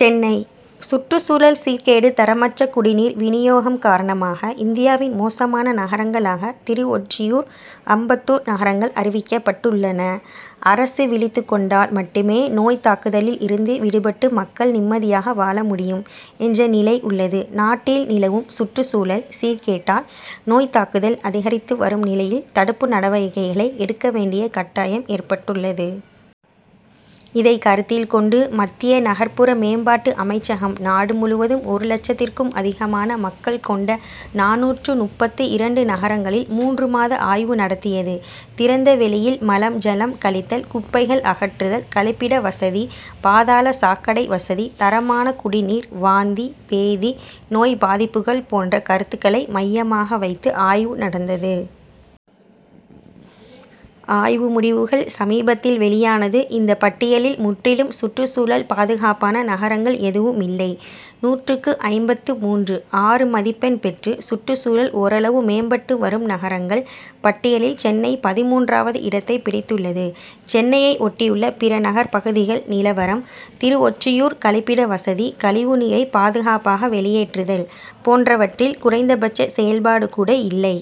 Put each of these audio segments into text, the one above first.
சென்னை: சுற்றுச்சூழல் சீர்கேடு, தரமற்ற குடிநீர் விநியோகம் காரணமாக இந்தியாவின் மோசமான நகரங்களாக திருவொற்றியூர், அம்பத்தூர் நகரங்கள் அறிவிக்கப்பட்டுள்ளன. அரசு விழித்துக் கொண்டால் மட்டுமே நோய் தாக்குதலில் இருந்து விடுபட்டு, மக்கள் நிம்மதியாக வாழ முடியும் என்ற நிலை உள்ளது. நாட்டில் நிலவும் சுற்றுச்சூழல் சீர்கேட்டால் நோய் தாக்குதல் அதிகரித்து வரும் நிலையில், தடுப்பு நடவடிக்கைகளை எடுக்க வேண்டிய கட்டாயம் ஏற்பட்டுள்ளது. இதைக் கருத்தில் கொண்டு, மத்திய நகர்புற மேம்பாட்டு அமைச்சகம், நாடு முழுவதும் ஒரு லட்சத்திற்கும் அதிகமான மக்கள் கொண்ட, நானூற்று முப்பத்து இரண்டு நகரங்களில் மூன்று மாத ஆய்வு நடத்தியது. திறந்த வெளியில் மலம், ஜலம் கழித்தல், குப்பைகள் அகற்றுதல், கழிப்பிட வசதி, பாதாள சாக்கடை வசதி, தரமான குடிநீர், வாந்தி, பேதி நோய் பாதிப்புக்கள் போன்ற கருத்துக்களை மையமாக வைத்து ஆய்வு நடந்தது. ஆய்வு முடிவுகள் சமீபத்தில் வெளியானது. இந்த பட்டியலில் முற்றிலும் சுற்றுச்சூழல் பாதுகாப்பான நகரங்கள் எதுவும் இல்லை. நூற்றுக்கு ஐம்பத்து மூன்று.ஆறு மதிப்பெண் பெற்று, சுற்றுச்சூழல் ஓரளவு மேம்பட்டு வரும் நகரங்கள் பட்டியலில் சென்னை பதின்மூன்றாவது இடத்தைப் பிடித்துள்ளது. சென்னையை ஒட்டியுள்ள பிற நகர் பகுதிகள் நிலவரம்: திருவொற்றியூர் கழிப்பிட வசதி, கழிவுநீரை பாதுகாப்பாக வெளியேற்றுதல் போன்றவற்றில் குறைந்தபட்ச செயல்பாடு கூட இல்லை.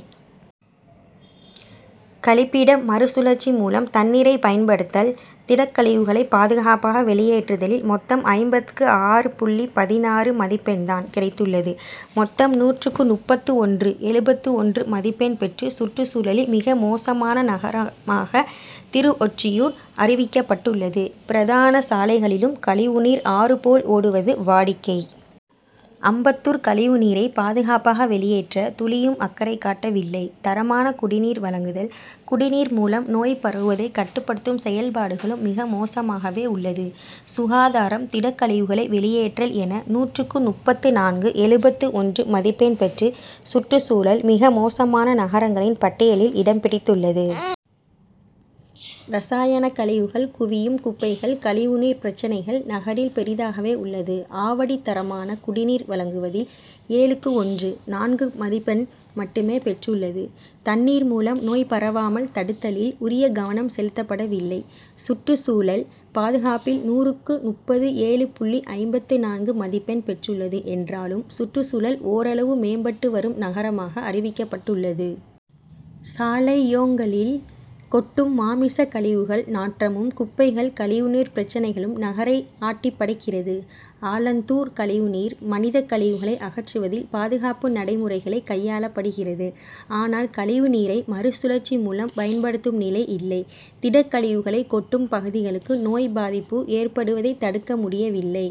கழிப்பிடம், மறுசுழற்சி மூலம் தண்ணீரை பயன்படுத்தல், திடக்கழிவுகளை பாதுகாப்பாக வெளியேற்றுதலில் மொத்தம் ஐம்பதுக்கு ஆறு புள்ளி பதினாறு மதிப்பெண்தான் கிடைத்துள்ளது. மொத்தம் நூற்றுக்கு முப்பத்து ஒன்று.எழுபத்து ஒன்று மதிப்பெண் பெற்று சுற்றுச்சூழலில் மிக மோசமான நகரமாக திருவொற்றியூர் அறிவிக்கப்பட்டுள்ளது. பிரதான சாலைகளிலும் கழிவுநீர் ஆறுபோல் ஓடுவது வாடிக்கை. அம்பத்தூர் கழிவுநீரை பாதுகாப்பாக வெளியேற்ற துளியும் அக்கறை காட்டவில்லை. தரமான குடிநீர் வழங்குதல், குடிநீர் மூலம் நோய் பரவுவதைக் கட்டுப்படுத்தும் செயல்பாடுகளும் மிக மோசமாகவே உள்ளது. சுகாதாரம், திடக்கழிவுகளை வெளியேற்றல் என நூற்றுக்கு முப்பத்து நான்கு.எழுபத்து ஒன்று மதிப்பெண் பெற்று, சுற்றுச்சூழல் மிக மோசமான நகரங்களின் பட்டியலில் இடம்பிடித்துள்ளது. ரசாயனக் கழிவுகள், குவியும் குப்பைகள், கழிவுநீர் பிரச்னைகள் நகரில் பெரிதாகவே உள்ளது. ஆவடி தரமான குடிநீர் வழங்குவதில் ஏழுக்கு ஒன்று.நான்கு மதிப்பெண் மட்டுமே பெற்றுள்ளது. தண்ணீர் மூலம் நோய் பரவாமல் தடுத்தலில் உரிய கவனம் செலுத்தப்படவில்லை. சுற்றுச்சூழல் பாதுகாப்பில் நூறுக்கு, முப்பத்து ஏழு புள்ளி ஐம்பத்து நான்கு மதிப்பெண் பெற்றுள்ளது என்றாலும், சுற்றுச்சூழல் ஓரளவு மேம்பட்டு வரும் நகரமாக அறிவிக்கப்பட்டுள்ளது. சாலையோங்களில் கொட்டும் மாமிச கழிவுகள் நாற்றமும், குப்பைகள், கழிவுநீர் பிரச்னைகளும் நகரை ஆட்டிப்படைக்கிறது. ஆலந்தூர் கழிவுநீர், மனிதக் கழிவுகளை அகற்றுவதில் பாதுகாப்பு நடைமுறைகளைக் கையாளப்படுகிறது. ஆனால், கழிவுநீரை மறுசுழற்சி மூலம் பயன்படுத்தும் நிலை இல்லை. திடக்கழிவுகளை கொட்டும் பகுதிகளுக்கு நோய் பாதிப்பு ஏற்படுவதைத் தடுக்க முடியவில்லை.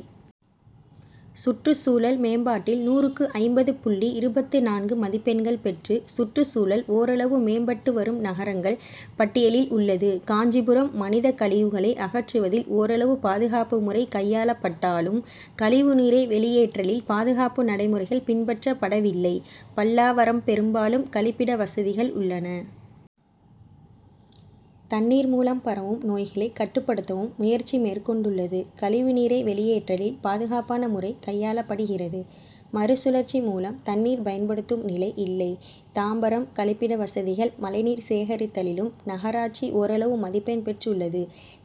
சுற்றுச்சூழல் மேம்பாட்டில் நூறுக்கு ஐம்பது புள்ளி இருபத்து நான்கு மதிப்பெண்கள் பெற்று, சுற்றுச்சூழல் ஓரளவு மேம்பட்டு வரும் நகரங்கள் பட்டியலில் உள்ளது. காஞ்சிபுரம் மனித கழிவுகளை அகற்றுவதில் ஓரளவு பாதுகாப்பு முறை கையாளப்பட்டாலும், கழிவுநீரை வெளியேற்றலில் பாதுகாப்பு நடைமுறைகள் பின்பற்றப்படவில்லை. பல்லாவரம் பெரும்பாலும் கழிப்பிட வசதிகள் உள்ளன. தண்ணீர் மூலம் பரவும் நோய்களைக் கட்டுப்படுத்தவும் முயற்சி மேற்கொண்டுள்ளது. கழிவுநீரை வெளியேற்றலில் பாதுகாப்பான முறை கையாளப்படுகிறது. மறுசுழற்சி மூலம் தண்ணீர் பயன்படுத்தும் நிலை இல்லை. தாம்பரம்:கழிப்பிட வசதிகள், மழைநீர் சேகரித்தலிலும் நகராட்சி ஓரளவு மதிப்பெண் பெற்றுள்ளது.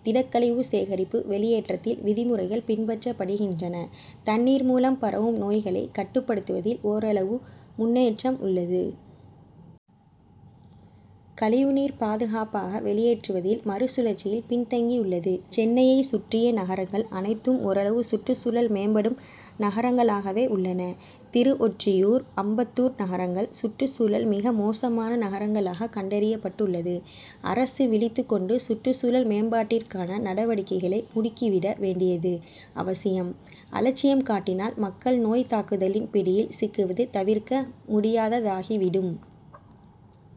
திடக்கழிவு சேகரிப்பு, வெளியேற்றத்தில் விதிமுறைகள் பின்பற்றப்படுகின்றன. தண்ணீர் மூலம் பரவும் நோய்களை கட்டுப்படுத்துவதில் ஓரளவு முன்னேற்றம் உள்ளது. கழிவுநீர் பாதுகாப்பாக வெளியேற்றுதில், மறுசுழற்சியில் பின்தங்கியுள்ளது. சென்னையை சுற்றிய நகரங்கள் அனைத்தும் ஓரளவு சுற்றுச்சூழல் மேம்படும் நகரங்களாகவே உள்ளன. திருவொற்றியூர், அம்பத்தூர் நகரங்கள் சுற்றுச்சூழல் மிக மோசமான நகரங்களாக கண்டறியப்பட்டுள்ளது. அரசு விழித்துக் கொண்டு, சுற்றுச்சூழல் மேம்பாட்டிற்கான நடவடிக்கைகளை முடுக்கிவிட வேண்டியது அவசியம். அலட்சியம் காட்டினால், மக்கள் நோய் தாக்குதலின் பிடியில் சிக்குவது தவிர்க்க முடியாததாகிவிடும்.